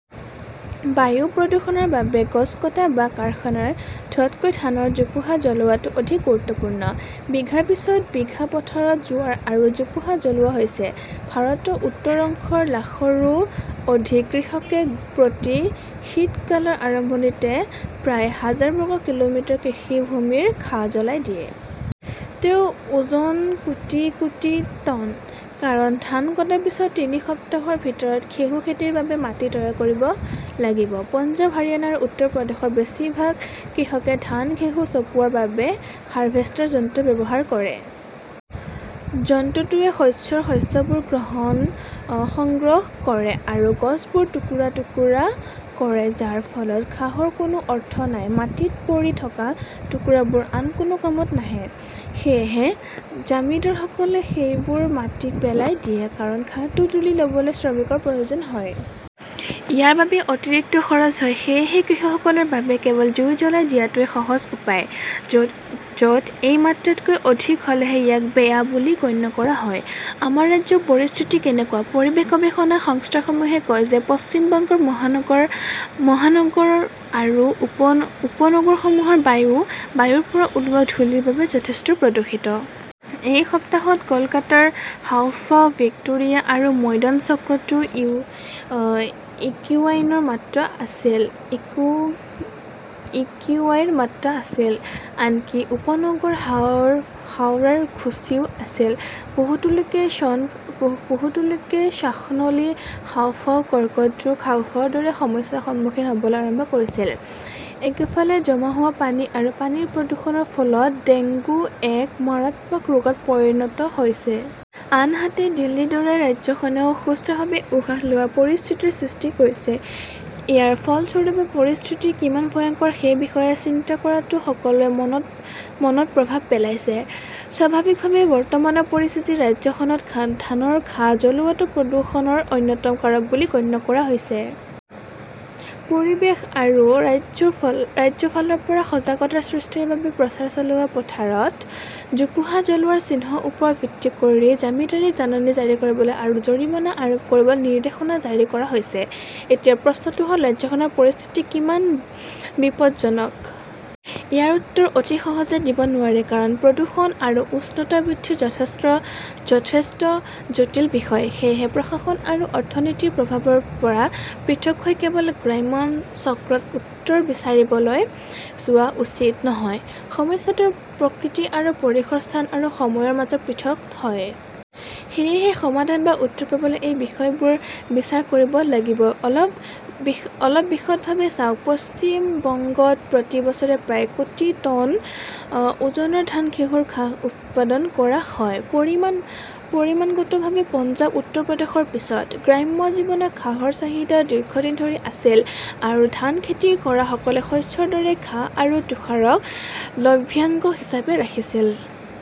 বায়ু প্ৰদূষণৰ বাবে গছ কটা বা কাৰখানাৰ ধোঁৱাতকৈ ধানৰ জোপোহা জ্বলোৱাটো অধিক গুৰুত্বপূৰ্ণ। বিঘাৰ পিছত, বিঘা, পথাৰত জোৱাৰ আৰু জোপোহা জ্বলোৱা হৈছে। ভাৰতৰ উত্তৰ অংশৰ লাখৰো অধিক কৃষকে প্ৰতি শীতকালৰ আৰম্ভণিতে প্ৰায় হাজাৰ বৰ্গ কিলোমিটাৰ কৃষিভূমিৰ ঘাঁহ জ্বলাই দিয়ে। তেওঁৰ ওজন কোটি কোটি টন। কাৰণ ধান কটাৰ পিছত তিনি সপ্তাহৰ ভিতৰত ঘেঁহু খেতিৰ বাবে মাটি তৈয়াৰ কৰিব লাগিব। পঞ্জাৱ, হাৰিয়ানা আৰু উত্তৰ প্ৰদেশৰ বেছিভাগ কৃষকে ধান-ঘেঁহু চপোৱাৰ বাবে হাৰভেষ্টাৰ যন্ত্ৰ ব্যৱহাৰ কৰে। যন্ত্ৰটোৱে শস্যৰ শস্যবোৰ সংগ্ৰহ কৰে আৰু গছবোৰ টুকুৰা-টুকুৰা কৰে, যাৰ ফলত ঘাঁহৰ কোনো অৰ্থ নাই। মাটিত পৰি থকা টুকুৰাবোৰ আন কোনো কামত নাহে। সেয়েহে জমিদাৰসকলে সেইবোৰ মাটিত পেলাই দিয়ে। কাৰণ ঘাঁহটো তুলি ল'বলৈও শ্ৰমিকৰ প্ৰয়োজন হয়। ইয়াৰ বাবে অতিৰিক্ত খৰচ হয়। সেয়েহে কৃষকসকলৰ বাবে কেৱল জুই জ্বলাই দিয়াটোৱেই সহজ উপায়। য'ত এই মাত্ৰা তকৈ অধিক হ'লেহে ইয়াক 'বেয়া বুলি গণ্য কৰা হয়। আমাৰ ৰাজ্যৰ পৰিস্থিতি কেনেকুৱা? পৰিৱেশ গৱেষণা সংস্থাসমূহে কয় যে পশ্চিম বংগৰ মহানগৰ আৰু উপনগৰসমূহৰ বায়ু বায়ুৰ পৰা ওলোৱা ধূলিৰ বাবে যথেষ্ট প্ৰদূষিত। এই সপ্তাহত কলকাতাৰ হাঁওফাঁও, ভিক্টোৰিয়া আৰু ময়দান চক্ৰতো একিউআইৰ মাত্ৰা আছিল। আনকি উপনগৰ হাওৰাৰ ঘুঁচিও আছিল। বহুতো লোকে শ্বাসনলী, হাঁওফাঁওৰ কৰ্কট ৰোগ, হাঁওফাঁওৰ দৰে সমস্যাৰ সন্মুখীন হ'বলৈ আৰম্ভ কৰিছিল। একেফালে জমা হোৱা পানী আৰু পানীৰ প্ৰদূষণৰ ফলত ডেংগু এক মাৰাত্মক ৰোগত পৰিণত হৈছে। আনহাতে, দিল্লীৰ দৰে ৰাজ্যখনেও সুস্থভাৱে উশাহ লোৱাৰ পৰিস্থিতিৰ সৃষ্টি কৰিছে। ইয়াৰ ফলস্বৰূপে, পৰিস্থিতি কিমান ভয়ংকৰ সেই বিষয়ে চিন্তা কৰাটোৱে সকলোৰে মনত প্ৰভাৱ পেলাইছে। স্বাভাৱিকভাৱেই বৰ্তমানৰ পৰিস্থিতিত ৰাজ্যখনত ধানৰ ঘাঁহ জ্বলোৱাটো প্ৰদূষণৰ অন্যতম কাৰক বুলি গণ্য কৰা হৈছে। পৰিৱেশবিদ আৰু ৰাজ্যৰ ফালৰ পৰা সজাগতা সৃষ্টিৰ বাবে প্ৰচাৰ চলোৱা হৈছে। পথাৰত জোপোহা জ্বলোৱাৰ চিহ্নৰ ওপৰত ভিত্তি কৰি জমিদাৰক জাননী জাৰি কৰিবলৈ আৰু জৰিমনা আৰোপ কৰিবলৈ নিৰ্দেশনা জাৰি কৰা হৈছে। এতিয়া প্ৰশ্নটো হ'ল, ৰাজ্যখনৰ পৰিস্থিতি কিমান বিপজ্জনক? ইয়াৰ উত্তৰ অতি সহজে দিব নোৱাৰি। কাৰণ, প্ৰদূষণ আৰু উষ্ণতা বৃদ্ধিৰ যথেষ্ট জটিল বিষয়। সেয়েহে প্ৰশাসন আৰু অৰ্থনীতিৰ প্ৰভাৱৰ পৰা পৃথক হৈ কেৱল গ্ৰাম্য চক্ৰত উত্তৰ বিচাৰিবলৈ যোৱা উচিত নহয়। সমস্যাটোৰ প্ৰকৃতি আৰু পৰিসৰ স্থান আৰু সময়ৰ মাজত পৃথক হয়। সেয়েহে সমাধান বা উত্তৰ পাবলৈ এই বিষয়বোৰ বিচাৰ কৰিব লাগিব। অলপ বিশদভাৱে চাওক। পশ্চিম বংগত প্ৰতি বছৰে প্ৰায় কোটি টন ওজনৰ ধান-ঘেঁহুৰ ঘাঁহ উৎপাদন কৰা হয়। পৰিমাণগতভাৱে পঞ্জাৱ-উত্তৰ প্ৰদেশৰ পিছত। গ্ৰাম্য জীৱনত ঘাঁহৰ চাহিদা দীৰ্ঘদিন ধৰি আছিল আৰু ধান খেতি কৰাসকলে শস্যৰ দৰে ঘাঁহ আৰু তুষাৰক লভ্যাংশ হিচাপে ৰাখিছিল।